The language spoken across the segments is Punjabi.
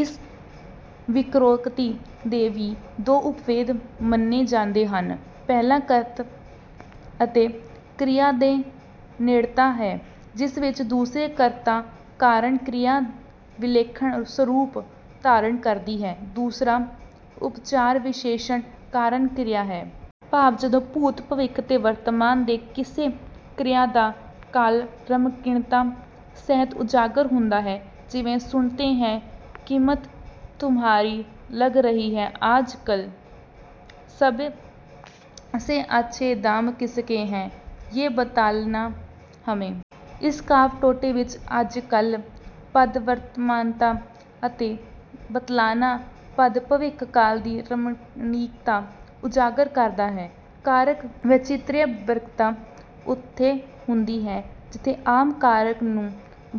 ਇਸ ਵਕ੍ਰੋਕਤੀ ਦੇ ਵੀ ਦੋ ਉਪਭੇਦ ਮੰਨੇ ਜਾਂਦੇ ਹਨ। ਪਹਿਲਾ ਕਰਤ ਅਤੇ ਕ੍ਰਿਆ ਦੀ ਨੇੜਤਾ ਹੈ ਜਿਸ ਵਿੱਚ ਦੂਸਰੇ ਕਰਤਾ ਕਾਰਨ ਕ੍ਰਿਆ ਵਿਲੱਖਣ ਸਰੂਪ ਧਾਰਨ ਕਰਦੀ ਹੈ। ਦੂਸਰਾ ਉਪਚਾਰ ਵਿਸ਼ੇਸ਼ਣ ਕਾਰਨ ਕਿਰਿਆ ਹੈ। ਭਾਵ ਜਦੋਂ ਭੂਤ, ਭਵਿੱਖ ਤੇ ਵਰਤਮਾਨ ਦੀ ਕਿਸੇ ਕ੍ਰਿਆ ਦਾ ਕਾਲ ਰਮਣੀਕਤਾ ਸਹਿਤ ਉਜਾਗਰ ਹੁੰਦਾ ਹੈ। ਜਿਵੇਂ "ਸੁਨਤੇ ਹੈਂ ਕੀਮਤ ਤੁਮਹਾਰੀ ਲੱਗ ਰਹੀ ਹੈ ਆਜ-ਕਲ, ਸਬ ਸੇ ਅੱਛੇ ਦਾਮ ਕਿਸ ਕੇ ਹੈਂ, ਯੇ ਬਤਲਾਨਾ ਹਮੇ"। ਇਸ ਕਾਵਿ ਟੋਟੇ ਵਿੱਚ 'ਆਜ-ਕਲ' ਪਦ ਵਰਤਮਾਨਤਾ ਅਤੇ 'ਬਤਲਾਨਾ' ਪਦ ਭਵਿੱਖ ਕਾਲ ਦੀ ਰਮਣੀਕਤਾ ਉਜਾਗਰ ਕਰਦਾ ਹੈ। ਕਾਰਕ ਵੈਚਿਤ੍ਰਯ ਵਕ੍ਰਤਾ ਉੱਥੇ ਹੁੰਦੀ ਹੈ ਜਿੱਥੇ ਆਮ ਕਾਰਕ ਨੂੰ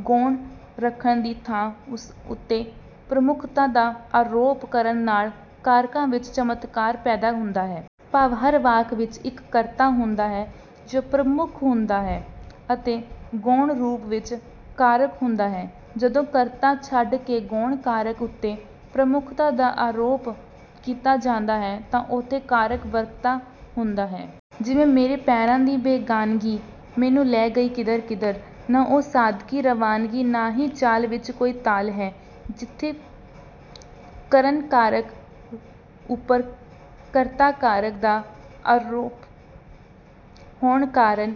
ਗੌਣ ਰੱਖਣ ਦੀ ਥਾਂ ਉਸ ਉੱਤੇ ਪ੍ਰਮੁੱਖਤਾ ਦਾ ਆਰੋਪ ਕਰਨ ਨਾਲ ਕਾਰਕਾਂ ਵਿੱਚ ਚਮਤਕਾਰ ਪੈਦਾ ਹੁੰਦਾ ਹੈ। ਭਾਵ ਹਰ ਵਾਕ ਵਿੱਚ ਇੱਕ ਕਰਤਾ ਹੁੰਦਾ ਹੈ ਜੋ ਪ੍ਰਮੁੱਖ ਹੁੰਦਾ ਹੈ ਅਤੇ ਗੌਣ ਰੂਪ ਵਿੱਚ ਕਾਰਕ ਹੁੰਦਾ ਹੈ। ਜਦੋਂ ਕਰਤਾ ਛੱਡ ਕੇ ਗੌਣ ਕਾਰਕ ਉੱਤੇ ਪ੍ਰਮੁੱਖਤਾ ਦਾ ਆਰੋਪ ਕੀਤਾ ਜਾਂਦਾ ਹੈ ਤਾਂ ਉੱਥੇ ਕਾਰਕ ਵਕ੍ਰਤਾ ਹੁੰਦੀ ਹੈ। ਜਿਵੇਂ "ਮੇਰੇ ਪੈਰਾਂ ਦੀ ਬੇਗਾਨਗੀ ਮੈਨੂੰ ਲੈ ਗਈ ਕਿੱਧਰ-ਕਿੱਧਰ। ਨਾ ਉਹ ਸਾਦਗੀ ਨਾ ਰਵਾਨਗੀ ਨਾ ਹੀ ਚਾਲ ਵਿੱਚ ਕੋਈ ਤਾਲ ਹੈ"। ਜਿੱਥੇ 'ਕਰਨ ਕਾਰਕ' ਉੱਪਰ 'ਕਰਤਾ ਕਾਰਕ' ਦਾ ਆਰੋਪ ਹੋਣ ਕਾਰਨ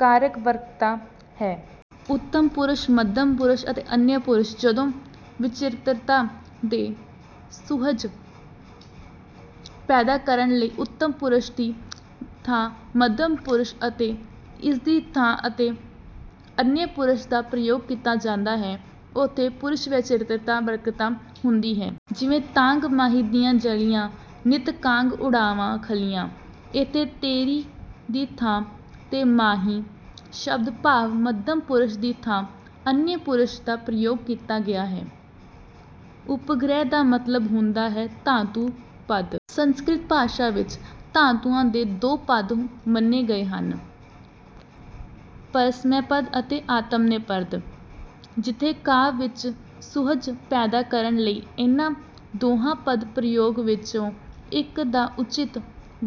'ਕਾਰਕ ਵਕ੍ਰਤਾ' ਹੈ। ਉੱਤਮ ਪੁਰਸ਼, ਮੱਧਮ ਪੁਰਸ਼ ਅਤੇ ਅਨਯ ਪੁਰਸ਼। ਜਦੋਂ ਵਿਚਿਤ੍ਰਤਾ ਤੇ ਸੁਹਜ ਪੈਦਾ ਕਰਨ ਲਈ ਉੱਤਮ ਪੁਰਸ਼ ਦੀ ਥਾਂ ਮੱਧਮ ਪੁਰਸ਼ ਅਤੇ ਇਸ ਦੀ ਥਾਂ ਤੇ ਅਨਯ ਪੁਰਸ਼ ਦਾ ਪ੍ਰਯੋਗ ਕੀਤਾ ਜਾਂਦਾ ਹੈ ਉੱਥੇ ਪੁਰਸ਼ ਵੈਚਿਤ੍ਰਯ ਵਕ੍ਰਤਾ ਹੁੰਦੀ ਹੈ। ਜਿਵੇਂ "ਤਾਂਘ ਮਾਹੀ ਦੀ ਜਲੀਆਂ ਨਿੱਤ ਕਾਗ ਉਡਾਵਾਂ ਖਲੀਆਂ"। ਇੱਥੇ 'ਤੇਰੀ' ਦੀ ਥਾਂ ਤੇ 'ਮਾਹੀ' ਸ਼ਬਦ ਭਾਵ ਮੱਧਮ ਪੁਰਸ਼ ਦੀ ਥਾਂ 'ਅਨਯ ਪੁਰਸ਼' ਦਾ ਪ੍ਰਯੋਗ ਕੀਤਾ ਗਿਆ ਹੈ। ਉਪਗ੍ਰਹਿ ਦਾ ਮਤਲਬ ਹੁੰਦਾ ਹੈ ਧਾਤੂ-ਪਦ। ਸੰਸਕ੍ਰਿਤ ਭਾਸ਼ਾ ਵਿੱਚ ਧਾਤੂਆਂ ਦੇ ਦੋ ਪਦ ਮੰਨੇ ਗਏ ਹਨ ਪਰਸਮੈਪਦ ਅਤੇ ਆਤਮਨੇਪਦ। ਜਿੱਥੇ ਕਾਵਿ ਵਿੱਚ ਸੁਹਜ ਪੈਦਾ ਕਰਨ ਲਈ ਇਹਨਾਂ ਦੋਹਾਂ ਪਦ-ਪ੍ਰਯੋਗ ਵਿੱਚੋਂ ਇੱਕ ਦੀ ਉੱਚਿਤ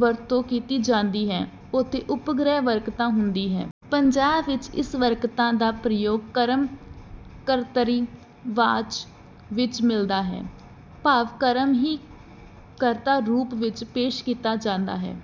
ਵਰਤੋਂ ਕੀਤੀ ਜਾਂਦੀ ਹੈ ਉੱਥੇ ਉਪਗ੍ਰਹਿ ਵਕ੍ਰਤਾ ਹੁੰਦੀ ਹੈ। ਪੰਜਾਬ ਵਿੱਚ ਇਸ ਵਕ੍ਰਤਾ ਦਾ ਪ੍ਰਯੋਗ ਕਰਮ-ਕਰਤਰੀ ਵਾਚ ਵਿੱਚ ਮਿਲਦਾ ਹੈ ਭਾਵ ਕਰਮ ਹੀ ਕਰਤਾ ਰੂਪ ਵਿੱਚ ਪੇਸ਼ ਕੀਤਾ ਜਾਂਦਾ ਹੈ।